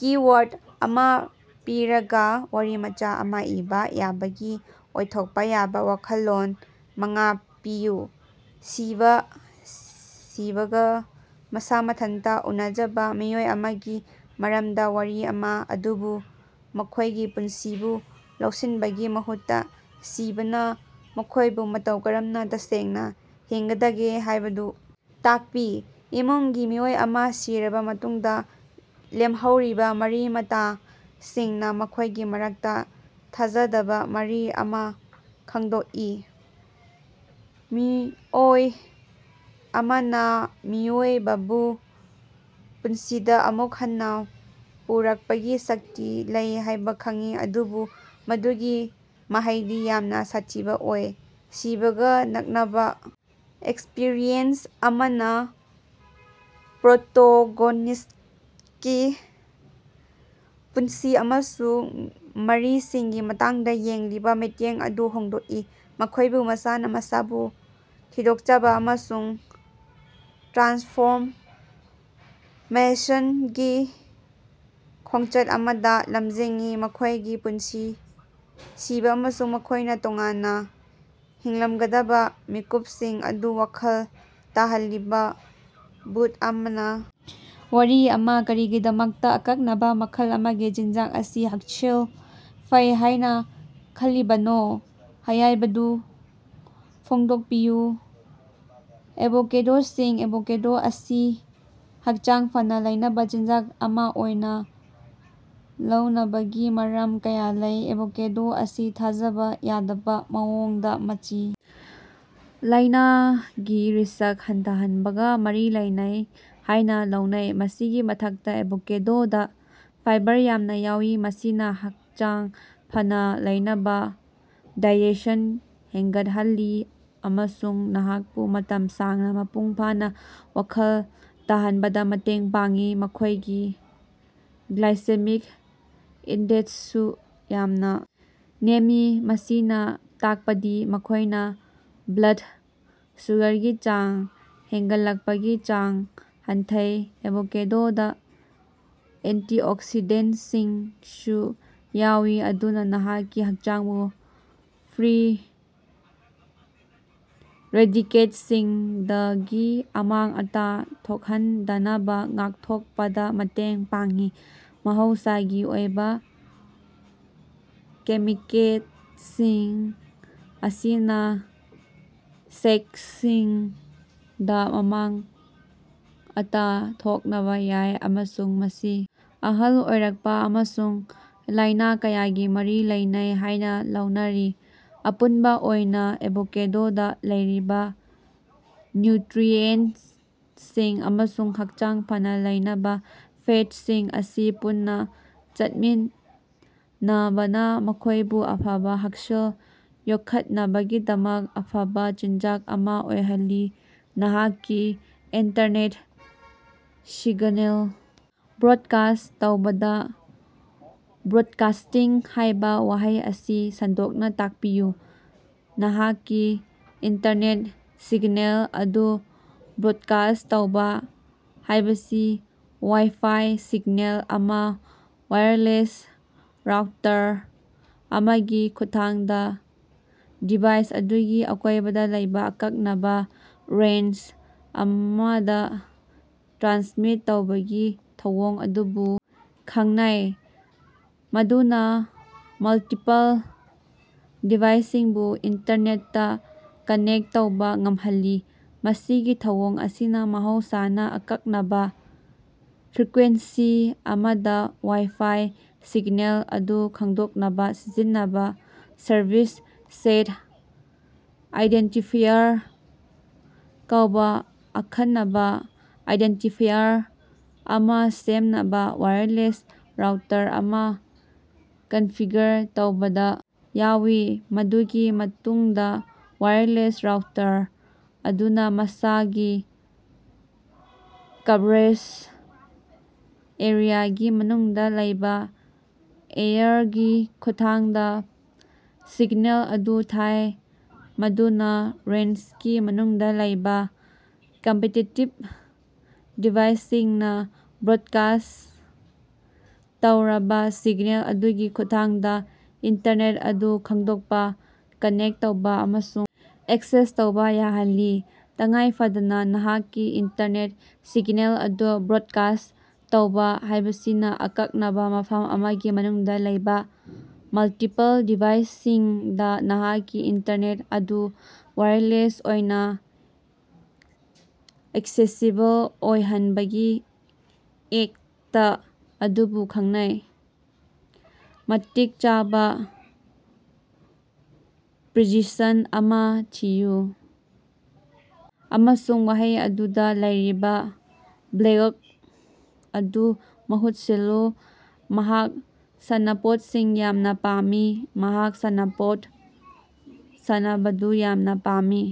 Keyword ꯑꯃ ꯄꯤꯔꯒ, ꯋꯥꯔꯤꯃꯆꯥ ꯑꯃ ꯏꯕ ꯌꯥꯕꯒꯤ ꯑꯣꯏꯊꯣꯛꯄ ꯌꯥꯕ ꯋꯥꯈꯜꯂꯣꯟ ꯃꯉꯥ ꯄꯤꯌꯨ꯫ ꯁꯤꯕ:ꯁꯤꯕꯒ ꯃꯁꯥ ꯃꯊꯟꯇ ꯎꯅꯖꯕ ꯃꯤꯑꯣꯏ ꯑꯃꯒꯤ ꯃꯔꯝꯗ ꯋꯥꯔꯤ ꯑꯃ, ꯑꯗꯨꯕꯨ ꯃꯈꯣꯏꯒꯤ ꯄꯨꯟꯁꯤꯕꯨ ꯂꯧꯁꯤꯟꯕꯒꯤ ꯃꯍꯨꯠꯇ ꯁꯤꯕꯅ ꯃꯈꯣꯏꯕꯨ ꯃꯇꯧ ꯀꯔꯝꯅ ꯇꯁꯦꯡꯅ ꯍꯤꯡꯒꯗꯒꯦ ꯍꯥꯏꯕꯗꯨ ꯇꯥꯛꯄꯤ꯫ ꯏꯃꯨꯡꯒꯤ ꯃꯤꯑꯣꯏ ꯑꯃ ꯁꯤꯔꯕ ꯃꯇꯨꯡꯗ ꯂꯦꯝꯍꯧꯔꯤꯕ ꯃꯔꯤ-ꯃꯇꯥꯁꯤꯡꯅ ꯃꯈꯣꯏꯒꯤ ꯃꯔꯛꯇ ꯊꯥꯖꯗꯕ ꯃꯔꯤ ꯑꯃ ꯈꯪꯗꯣꯛꯏ꯫ ꯃꯤꯑꯣꯏ ꯑꯃꯅ ꯃꯤꯑꯣꯏꯕꯕꯨ ꯄꯨꯟꯁꯤꯗ ꯑꯃꯨꯛ ꯍꯟꯅ ꯄꯨꯔꯛꯄꯒꯤ ꯁꯛꯇꯤ ꯂꯩ ꯍꯥꯏꯕ ꯈꯪꯏ, ꯑꯗꯨꯕꯨ ꯃꯗꯨꯒꯤ ꯃꯍꯩꯗꯤ ꯌꯥꯝꯅ ꯁꯥꯊꯤꯕ ꯑꯣꯏ꯫ ꯁꯤꯕꯒ ꯅꯛꯅꯕ ꯑꯦꯛꯁꯄꯔꯤꯑꯦꯟꯁ ꯑꯃꯅ ꯄ꯭ꯔꯣꯇꯣꯒꯣꯅꯤꯁ꯭ꯇꯀꯤ ꯄꯨꯟꯁꯤ ꯑꯃꯁꯨꯡ ꯃꯔꯤꯁꯤꯡꯒꯤ ꯃꯇꯥꯡꯗ ꯌꯦꯡꯂꯤꯕ ꯃꯤꯠꯌꯦꯡ ꯑꯗꯨ ꯍꯣꯡꯗꯣꯛꯏ, ꯃꯈꯣꯏꯕꯨ ꯃꯁꯥꯅ ꯃꯁꯥꯕꯨ ꯊꯤꯗꯣꯛꯆꯕ ꯑꯃꯁꯨꯡ ꯇ꯭ꯔꯥꯟꯁꯐꯣꯔꯃꯦꯁꯟꯒꯤ ꯈꯣꯡꯆꯠ ꯑꯃꯗ ꯂꯝꯖꯤꯡꯏ꯫ ꯃꯈꯣꯏꯒꯤ ꯄꯨꯟꯁꯤ, ꯁꯤꯕ ꯑꯃꯁꯨꯡ ꯃꯈꯣꯏꯅ ꯇꯣꯉꯥꯟꯅ ꯍꯤꯡꯂꯝꯒꯗꯕ ꯃꯤꯀꯨꯞꯁꯤꯡ ꯑꯗꯨ ꯋꯥꯈꯜ ꯇꯥꯍꯜꯂꯤꯕ ꯚꯨꯠ ꯑꯃꯅ ꯋꯥꯔꯤ ꯑꯃ꯫ ꯀꯔꯤꯒꯤꯗꯃꯛꯇ ꯑꯀꯛꯅꯕ ꯃꯈꯜ ꯑꯃꯒꯤ ꯆꯤꯟꯖꯥꯛ ꯑꯁꯤ ꯍꯛꯁꯦꯜ ꯐꯩ ꯍꯥꯏꯅ ꯈꯜꯂꯤꯕꯅꯣ ꯍꯥꯌꯕꯗꯨ ꯐꯣꯡꯗꯣꯛꯄꯤꯌꯨ꯫ ꯑꯦꯚꯣꯀꯦꯗꯣꯁꯤꯡ: ꯑꯦꯚꯣꯀꯦꯗꯣ ꯑꯁꯤ ꯍꯛꯆꯥꯡ ꯐꯅ ꯂꯩꯅꯕ ꯆꯤꯟꯖꯥꯛ ꯑꯃ ꯑꯣꯏꯅ ꯂꯧꯅꯕꯒꯤ ꯃꯔꯝ ꯀꯌꯥ ꯂꯩ꯫ ꯑꯦꯚꯣꯀꯦꯗꯣ ꯑꯁꯤ ꯊꯥꯖꯕ ꯌꯥꯗꯕ ꯃꯑꯣꯡꯗ ꯃꯆꯤ ꯂꯥꯏꯅꯥꯒꯤ ꯔꯤꯁ꯭ꯛ ꯍꯟꯊꯍꯟꯕꯒ ꯃꯔꯤ ꯂꯩꯅꯩ ꯍꯥꯏꯅ ꯂꯧꯅꯩ꯫ ꯃꯁꯤꯒꯤ ꯃꯊꯛꯇ, ꯑꯦꯚꯣꯀꯦꯗꯣꯗ ꯐꯥꯏꯕꯔ ꯌꯥꯝꯅ ꯌꯥꯎꯏ, ꯃꯁꯤꯅ ꯍꯛꯆꯥꯡ ꯐꯅ ꯂꯩꯅꯕ ꯗꯥꯏꯖꯦꯁꯟ ꯍꯦꯟꯒꯠꯍꯜꯂꯤ ꯑꯃꯁꯨꯡ ꯅꯍꯥꯛꯄꯨ ꯃꯇꯝ ꯁꯥꯡꯅ ꯃꯄꯨꯡ ꯐꯥꯅ ꯋꯥꯈꯜ ꯇꯥꯍꯟꯕꯗ ꯃꯇꯦꯡ ꯄꯥꯡꯏ꯫ ꯃꯈꯣꯏꯒꯤ ꯒ꯭ꯂꯥꯏꯁꯦꯃꯤꯛ ꯏꯟꯗꯦꯛꯁꯁꯨ ꯌꯥꯝꯅ ꯅꯦꯝꯃꯤ, ꯃꯁꯤꯅ ꯇꯥꯛꯄꯗꯤ ꯃꯈꯣꯏꯅ ꯕ꯭ꯂꯗ ꯁꯨꯒ꯭ꯔꯒꯤ ꯆꯥꯡ ꯍꯦꯟꯒꯠꯂꯛꯄꯒꯤ ꯆꯥꯡ ꯍꯟꯊꯩ꯫ ꯑꯦꯚꯣꯀꯦꯗꯣꯗ ꯑꯦꯟꯇꯤꯑꯣꯛꯁꯤꯗꯦꯟꯠꯁꯤꯡꯁꯨ ꯌꯥꯎꯏ, ꯑꯗꯨꯅ ꯅꯍꯥꯛꯀꯤ ꯍꯛꯆꯥꯡꯕꯨ ꯐ꯭ꯔꯤ ꯔꯦꯗꯤꯀꯦꯠꯁꯤꯡꯗꯒꯤ ꯑꯃꯥꯡ-ꯑꯇꯥ ꯊꯣꯛꯍꯟꯗꯅꯕ ꯉꯥꯛꯊꯣꯛꯄꯗ ꯃꯇꯦꯡ ꯄꯥꯡꯏ꯫ ꯃꯍꯧꯁꯥꯒꯤ ꯑꯣꯏꯕ ꯀꯦꯃꯤꯀꯦꯠꯁꯤꯡ ꯑꯁꯤꯅ ꯁꯦꯛꯁꯤꯡꯗ ꯑꯃꯥꯡ-ꯑꯇꯥ ꯊꯣꯛꯅꯕ ꯌꯥꯏ ꯑꯃꯁꯨꯡ ꯃꯁꯤ ꯑꯍꯜ ꯑꯣꯏꯔꯛꯄ ꯑꯃꯁꯨꯡ ꯂꯥꯏꯅꯥ ꯀꯌꯥꯒꯥ ꯃꯔꯤ ꯂꯩꯅꯩ ꯍꯥꯏꯅ ꯂꯧꯅꯔꯤ꯫ ꯑꯄꯨꯟꯕ ꯑꯣꯏꯅ, ꯑꯦꯚꯣꯀꯦꯗꯣꯗ ꯂꯩꯔꯤꯕ ꯅ꯭ꯌꯨꯇꯔꯤꯑꯦꯟꯠꯁꯤꯡ ꯑꯃꯁꯨꯡ ꯍꯛꯆꯥꯡ ꯐꯅ ꯂꯩꯅꯕ ꯐꯦꯠꯁꯤꯡ ꯑꯁꯤ ꯄꯨꯟꯅ ꯆꯠꯃꯤꯟꯅꯕꯅ ꯃꯈꯣꯏꯕꯨ ꯑꯐꯕ ꯍꯛꯁꯦꯜ ꯌꯣꯛꯈꯠꯅꯕꯒꯤꯗꯃꯛ ꯑꯐꯕ ꯆꯤꯟꯖꯥꯛ ꯑꯃꯥ ꯑꯣꯏꯍꯜꯂꯤ꯫ ꯅꯍꯥꯛꯀꯤ ꯏꯟꯇꯔꯅꯦꯠ ꯁꯤꯒꯅꯦꯜ ꯕ꯭ꯔꯣꯗꯀꯥꯁ꯭ꯠ ꯇꯧꯕꯗ 'ꯕ꯭ꯔꯣꯗꯀꯥꯁ꯭ꯇꯤꯡ' ꯍꯥꯏꯕ ꯋꯥꯍꯩ ꯑꯁꯤ ꯁꯟꯗꯣꯛꯅ ꯇꯥꯀꯄꯤꯌꯨ꯫ ꯅꯍꯥꯛꯀꯤ ꯏꯟꯇꯔꯅꯦꯠ ꯁꯤꯒꯅꯦꯜ ꯑꯗꯨ ꯕ꯭ꯔꯣꯗꯀꯥꯁ꯭ꯠ ꯇꯧꯕ ꯍꯥꯏꯕꯁꯤ ꯋꯥꯏ-ꯐꯥꯏ ꯁꯤꯒꯅꯦꯜ ꯑꯃ ꯋꯥꯏ꯭ꯔꯂꯦꯁ ꯔꯥꯎꯇꯔ ꯑꯃꯒꯤ ꯈꯨꯠꯊꯥꯡꯗ ꯗꯤꯚꯥꯏꯁ ꯑꯗꯨꯒꯤ ꯑꯀꯣꯏꯕꯗ ꯂꯩꯕ ꯑꯀꯛꯅꯕ ꯔꯦꯟꯖ ꯑꯃꯗ ꯇ꯭ꯔꯥꯟꯁꯃꯤꯠ ꯇꯧꯕꯒꯤ ꯊꯧꯑꯣꯡ ꯑꯗꯨꯕꯨ ꯈꯪꯅꯩ, ꯃꯗꯨꯅ ꯃꯜꯇꯤꯄꯜ ꯗꯤꯚꯥꯏꯁꯁꯤꯡꯕꯨ ꯏꯟꯇꯔꯅꯦꯠꯇ ꯀꯅꯦꯛ ꯇꯧꯕꯥ ꯉꯝꯍꯜꯂꯤ꯫ ꯃꯁꯤꯒꯤ ꯊꯧꯑꯣꯡ ꯑꯁꯤꯅ ꯃꯍꯧꯁꯥꯅ ꯑꯀꯛꯅꯕ ꯐ꯭ꯔꯤꯀ꯭ꯋꯦꯟꯁꯤ ꯑꯃꯗ ꯋꯥꯏ-ꯐꯥꯏ ꯁꯤꯒꯅꯦꯜ ꯑꯗꯨ ꯈꯪꯗꯣꯛꯅꯕ ꯁꯤꯖꯤꯟꯅꯕ ꯁꯔꯚꯤꯁ ꯁꯦꯠ ꯑꯥꯏꯗꯦꯟꯇꯤꯐꯥꯌꯔ ꯀꯧꯕ ꯑꯈꯟꯅꯕ ꯑꯥꯏꯗꯦꯟꯇꯤꯐꯥꯌꯔ ꯑꯃ ꯁꯦꯝꯅꯕ ꯋꯥꯏꯔꯂꯦꯁ ꯔꯥꯎꯇꯔ ꯑꯃ ꯀꯟꯐꯤꯒꯔ ꯇꯧꯕꯗ ꯌꯥꯎꯏ꯫ ꯃꯗꯨꯒꯤ ꯃꯇꯨꯡꯗꯥ ꯋꯥꯏꯔꯂꯦꯁ ꯔꯥꯎꯇꯔ ꯑꯗꯨꯅꯥ ꯃꯁꯤꯒꯤ ꯀꯚꯔꯦꯖ ꯑꯦꯔꯤꯌꯥꯒꯤ ꯃꯅꯨꯡꯗ ꯂꯩꯕ ꯑꯦꯌꯔꯒꯤ ꯈꯨꯠꯊꯥꯡꯗ ꯁꯤꯒꯅꯦꯜ ꯑꯗꯨ ꯊꯥꯏ, ꯃꯗꯨꯅ ꯔꯦꯟꯖꯀꯤ ꯃꯅꯨꯡꯗ ꯂꯩꯕꯥ ꯀꯝꯄꯦꯇꯤꯇꯤꯕ ꯗꯤꯚꯥꯏꯁꯁꯤꯡꯅ ꯕ꯭ꯔꯣꯗꯀꯥꯁ꯭ꯠ ꯇꯧꯔꯕ ꯁꯤꯒꯅꯦꯜ ꯑꯗꯨꯒꯤ ꯈꯨꯠꯊꯥꯡꯗ ꯏꯟꯇꯔꯅꯦꯠ ꯑꯗꯨ ꯈꯪꯗꯣꯛꯄ, ꯀꯅꯦꯛ ꯇꯧꯕ ꯑꯃꯁꯨꯡ ꯑꯦꯛꯁꯦꯁ ꯇꯧꯕ ꯌꯥꯍꯜꯂꯤ꯫ ꯇꯉꯥꯏꯐꯗꯅ, ꯅꯍꯥꯛꯀꯤ ꯏꯟꯇꯔꯅꯦꯠ ꯁꯤꯒꯅꯦꯜ ꯑꯗꯨ ꯕ꯭ꯔꯣꯗꯀꯥꯁ꯭ꯠ ꯇꯧꯕ ꯍꯥꯏꯕꯁꯤꯅ, ꯑꯀꯛꯅꯕ ꯃꯐꯝ ꯑꯃꯒꯤ ꯃꯅꯨꯡꯗ ꯂꯩꯕ ꯃꯜꯇꯤꯄꯜ ꯗꯤꯚꯥꯏꯁꯁꯤꯡꯗ ꯅꯍꯥꯛꯀꯤ ꯏꯟꯇꯔꯅꯦꯠ ꯑꯗꯨ ꯋꯥꯏꯔꯂꯦꯁ ꯑꯣꯏꯅ ꯑꯦꯛꯁꯦꯁꯤꯕꯜ ꯑꯣꯏꯍꯟꯕꯒꯤ ꯑꯦꯛꯇ ꯑꯗꯨꯕꯨ ꯈꯪꯅꯩ꯫ ꯃꯇꯤꯛ ꯆꯥꯕꯥ ꯄ꯭ꯔꯤꯄꯖꯤꯁꯟ ꯑꯃꯥ ꯊꯤꯌꯨ ꯑꯃꯁꯨꯡ ꯋꯥꯍꯩ ꯑꯗꯨꯗꯥ ꯂꯩꯔꯤꯕꯥ ꯕ꯭ꯂꯦꯉ꯭ꯛ ꯑꯗꯨ ꯃꯍꯨꯠ ꯁꯤꯜꯂꯨ꯫ ꯃꯍꯥꯛ ꯁꯥꯟꯅꯄꯣꯠꯁꯤꯡ ꯌꯥꯝꯅꯥ ꯄꯥꯝꯃꯤ꯫ ꯃꯍꯥꯛ ꯁꯥꯟꯅꯄꯣꯠ ꯁꯥꯟꯅꯕꯗꯨ ꯌꯥꯝꯅ ꯄꯥꯝꯃꯤ꯫